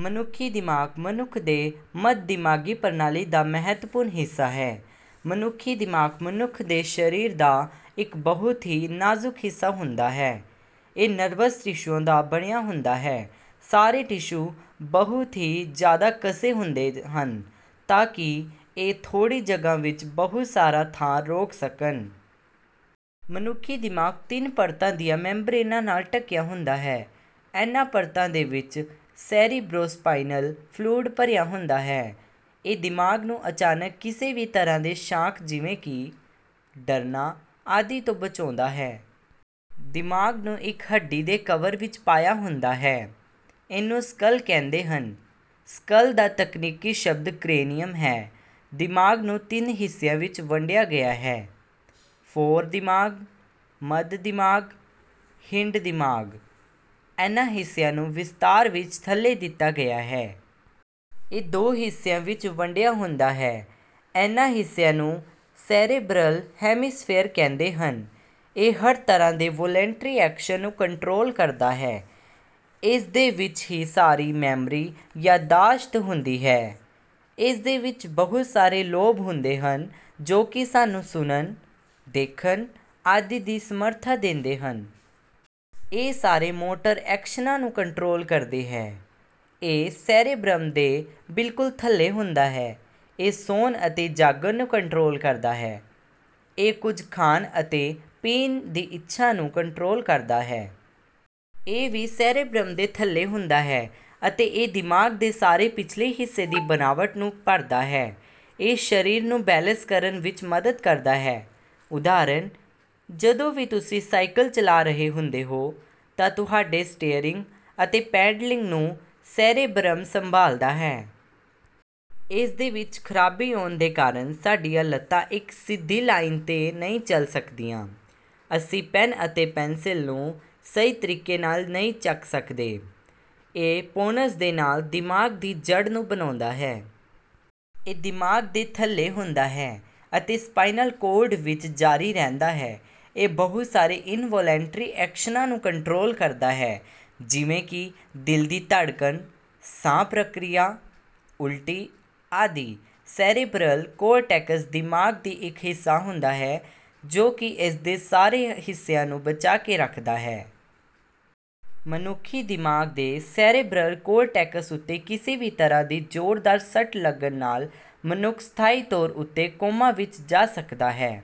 ਮਨੁੱਖੀ ਦਿਮਾਗ ਮਨੁੱਖ ਦੇ ਮੱਧ ਦਿਮਾਗੀ ਪ੍ਰਣਾਲੀ ਦਾ ਮਹਤਵਪੂਰਣ ਹਿੱਸਾ ਹੈ। ਮਨੁੱਖੀ ਦਿਮਾਗ ਮਨੁਖ ਦੇ ਸਰੀਰ ਦਾ ਇੱਕ ਬਹੁਤ ਹੀ ਨਾਜ਼ੁਕ ਹਿੱਸਾ ਹੁੰਦਾ ਹੈ। ਇਹ ਨਰਵਸ ਟਿਸ਼ੂਆਂ ਦਾ ਬਣਿਆ ਹੁੰਦਾ ਹੈ। ਸਾਰੇ ਟਿਸ਼ੂ ਬਹੁਤ ਹੀ ਜਿਆਦਾ ਕਸੇ ਹੁੰਦੇ ਹਨ ਤਾਂ ਕਿ ਇਹ ਥੋੜੀ ਜਗਹ ਵਿੱਚ ਬਹੁਤ ਸਾਰਾ ਥਾਂ ਰੋਕ ਸਕਣ. ਮਨੁੱਖੀ ਦਿਮਾਗ ਤਿੰਨ ਪਰਤਾਂ ਦੀਆਂ ਮੈਮਬ੍ਰੇਨਾਂ ਨਾਲ ਢਕਿਆ ਹੁੰਦਾ ਹੈ। ਇਹਨਾਂ ਪਰਤਾਂ ਦੇ ਵਿੱਚ ਸੇਰੀਬਰੋਸਪਾਇਨਲ ਫਲੂਡ ਭਰਿਆ ਹੁੰਦਾ ਹੈ। ਇਹ ਦਿਮਾਗ ਨੂੰ ਅਚਾਨਕ ਕਿਸੇ ਵੀ ਤਰਾਂ ਦੇ ਸ਼ਾਕ ਜਿਵੇਂ ਕਿ ਅਚਾਨਕ ਡਰਨਾ, ਆਦਿ ਤੋਂ ਬਚਾਉਂਦਾ ਹੈ। ਦਿਮਾਗ ਨੂੰ ਇੱਕ ਹੱਡੀ ਦੇ ਕਵਰ ਵਿੱਚ ਪਾਇਆ ਹੁੰਦਾ ਹੈ, ਇਸਨੂੰ ਸਕੱਲ ਕਿਹੰਦੇ ਹਨ। ਸਕੱਲ ਦਾ ਤਕਨੀਕੀ ਸ਼ਬਦ ਕਰੇਨੀਅਮ ਹੈ। ਦਿਮਾਗ ਨੂੰ ਤਿੰਨ ਹਿੱਸਿਆਂ ਵਿੱਚ ਵੰਡਿਆ ਗਿਆ ਹੈ – ਫ਼ੋਰਦਿਮਾਗ, ਮੱਧਦਿਮਾਗ, ਹਿੰਡਦਿਮਾਗ. ਇਹਨਾਂ ਹਿੱਸਿਆਂ ਨੂੰ ਵਿਸਥਾਰ ਵਿੱਚ ਥੱਲੇ ਦਿੱਤਾ ਗਿਆ ਹੈ। ਇਹ ਦੋ ਹਿੱਸਿਆਂ ਵਿੱਚ ਵੰਡਿਆ ਹੁੰਦਾ ਹੈ। ਇਹਨਾਂ ਹਿੱਸਿਆਂ ਨੂੰ ਸੇਰੇਬਰਲ ਹੈਮੀਸਫੇਰ ਕਿਹੰਦੇ ਹਨ। ਇਹ ਹਰ ਤਰਾਂ ਦੇ ਵੋਲਲੰਟਰੀ ਐਕਸ਼ਨ ਨੂੰ ਕੰਟ੍ਰੋਲ ਕਰਦਾ ਹੈ। ਇਸਦੇ ਵਿੱਚ ਹੀ ਸਾਰੀ ਮੈਮਰੀ/ ਯਾਦਾਸ਼ਤ ਹੁੰਦੀ ਹੈ। ਇਸਦੇ ਵਿੱਚ ਬਹੁਤ ਸਾਰੇ ਲੋਬ ਹੁੰਦੇ ਹਨ ਜੋ ਕਿ ਸਾਨੂੰ ਸੁਣਨ, ਦੇਖਣ, ਆਦਿ ਦੀ ਸਮਰਥਾ ਦਿੰਦੇ ਹਨ। ਇਹ ਸਾਰੇ ਮੋਟਰ ਐਕਸ਼ਨਾਂ ਨੂੰ ਕੰਟ੍ਰੋਲ ਕਰਦੇ ਹੈ। ਇਹ ਸੇਰੇਬਰਮ ਦੇ ਬਿਲਕੁਲ ਥੱਲੇ ਹੁੰਦਾ ਹੈ। ਇਹ ਸੌਂਣ ਅਤੇ ਜਾਗਣ ਨੂੰ ਕੰਟ੍ਰੋਲ ਕਰਦਾ ਹੈ। ਇਹ ਕੁੱਝ ਖਾਣ ਅਤੇ ਪੀਣ ਦੀ ਇੱਛਾ ਨੂੰ ਕੰਟ੍ਰੋਲ ਕਰਦਾ ਹੈ। ਇਹ ਵੀ ਸੇਰੇਬਰਮ ਦੇ ਥੱਲੇ ਹੁੰਦਾ ਹੈ ਅਤੇ ਇਹ ਦਿਮਾਗ ਦੇ ਸਾਰੇ ਪਿਛਲੇ ਹਿੱਸੇ ਦੀ ਬਨਾਵਟ ਨੂੰ ਭਰਦਾ ਹੈ। ਇਹ ਸਰੀਰ ਨੂੰ ਬੈਲਸ ਕਰਨ ਵਿੱਚ ਮਦਦ ਕਰਦਾ ਹੈ। ਉਦਹਾਰਣ: ਜਦੋਂ ਵੀ ਤੁਸੀਂ ਸਾਈਕਲ ਚਲਾ ਰਹੇ ਹੁੰਦੇ ਹੋ, ਤਾਂ ਤੁਹਾਡੇ ਸਟੀਅਰਰਿੰਗ ਅਤੇ ਪੈਡਲਿੰਗ ਨੂੰ ਸੇਰੇਬੈਰਮ ਸੰਭਾਲਦਾ ਹੈ। ਇਸਦੇ ਵਿੱਚ ਖਰਾਬੀ ਆਉਣ ਦੇ ਕਾਰਨ ਸਾਡੀਆਂ ਲੱਤਾਂ ਇੱਕ ਸਿੱਧੀ ਲਾਇਨ 'ਤੇ ਨਹੀਂ ਚੱਲ ਸਕਦੀਆਂ। ਅਸੀਂ ਪੈਨ ਅਤੇ ਪੈਨਸਿਲ ਨੂੰ ਸਹੀ ਤਰੀਕੇ ਨਾਲ ਨਹੀਂ ਚੱਕ ਸਕਦੇ। ਇਹ ਪੋਨਸ ਦੇ ਨਾਲ ਦਿਮਾਗ ਦੀ ਜੜ੍ਹ ਨੂੰ ਬਣਾਉਂਦਾ ਹੈ। ਇਹ ਦਿਮਾਗ ਦੇ ਥੱਲੇ ਹੁੰਦਾ ਹੈ ਅਤੇ ਸਪਾਈਨਲ ਕੋਰਡ ਵਿੱਚ ਜਾਰੀ ਰਹਿੰਦਾ ਹੈ। ਇਹ ਬਹੁਤ ਸਾਰੇ ਇਨਵੋਲੰਟਰੀ ਐਕਸ਼ਨਾਂ ਨੂੰ ਕੰਟ੍ਰੋਲ ਕਰਦਾ ਹੈ ਜਿਵੇਂ ਕਿ ਦਿਲ ਦੀ ਧੜਕਨ, ਸਾਹ ਪ੍ਰਕਿਰਿਆ, ਉਲਟੀ, ਆਦਿ। ਸੈਰਬਰਲ ਕੋਰਟੈਕਸ ਦਿਮਾਗ ਦੀ ਇੱਕ ਹਿੱਸਾ ਹੁੰਦਾ ਹੈ ਜੋ ਕੀ ਇਸਦੇ ਸਾਰੇ ਹਿੱਸਿਆਂ ਨੂੰ ਬਚਾ ਕੇ ਰੱਖਦਾ ਹੈ। ਮਨੁੱਖੀ ਦਿਮਾਗ ਦੇ ਸੈਰਬਰਲ ਕੋਰਟੈਕਸ ਉੱਤੇ ਕਿਸੇ ਵੀ ਤਰਾਂ ਦੀ ਜੋਰਦਾਰ ਸੱਟ ਲੱਗਣ ਨਾਲ ਮਨੁੱਖ ਸਥਾਈ ਤੌਰ ਉੱਤੇ ਕੋਮਾ ਵਿੱਚ ਜਾ ਸਕਦਾ ਹੈ।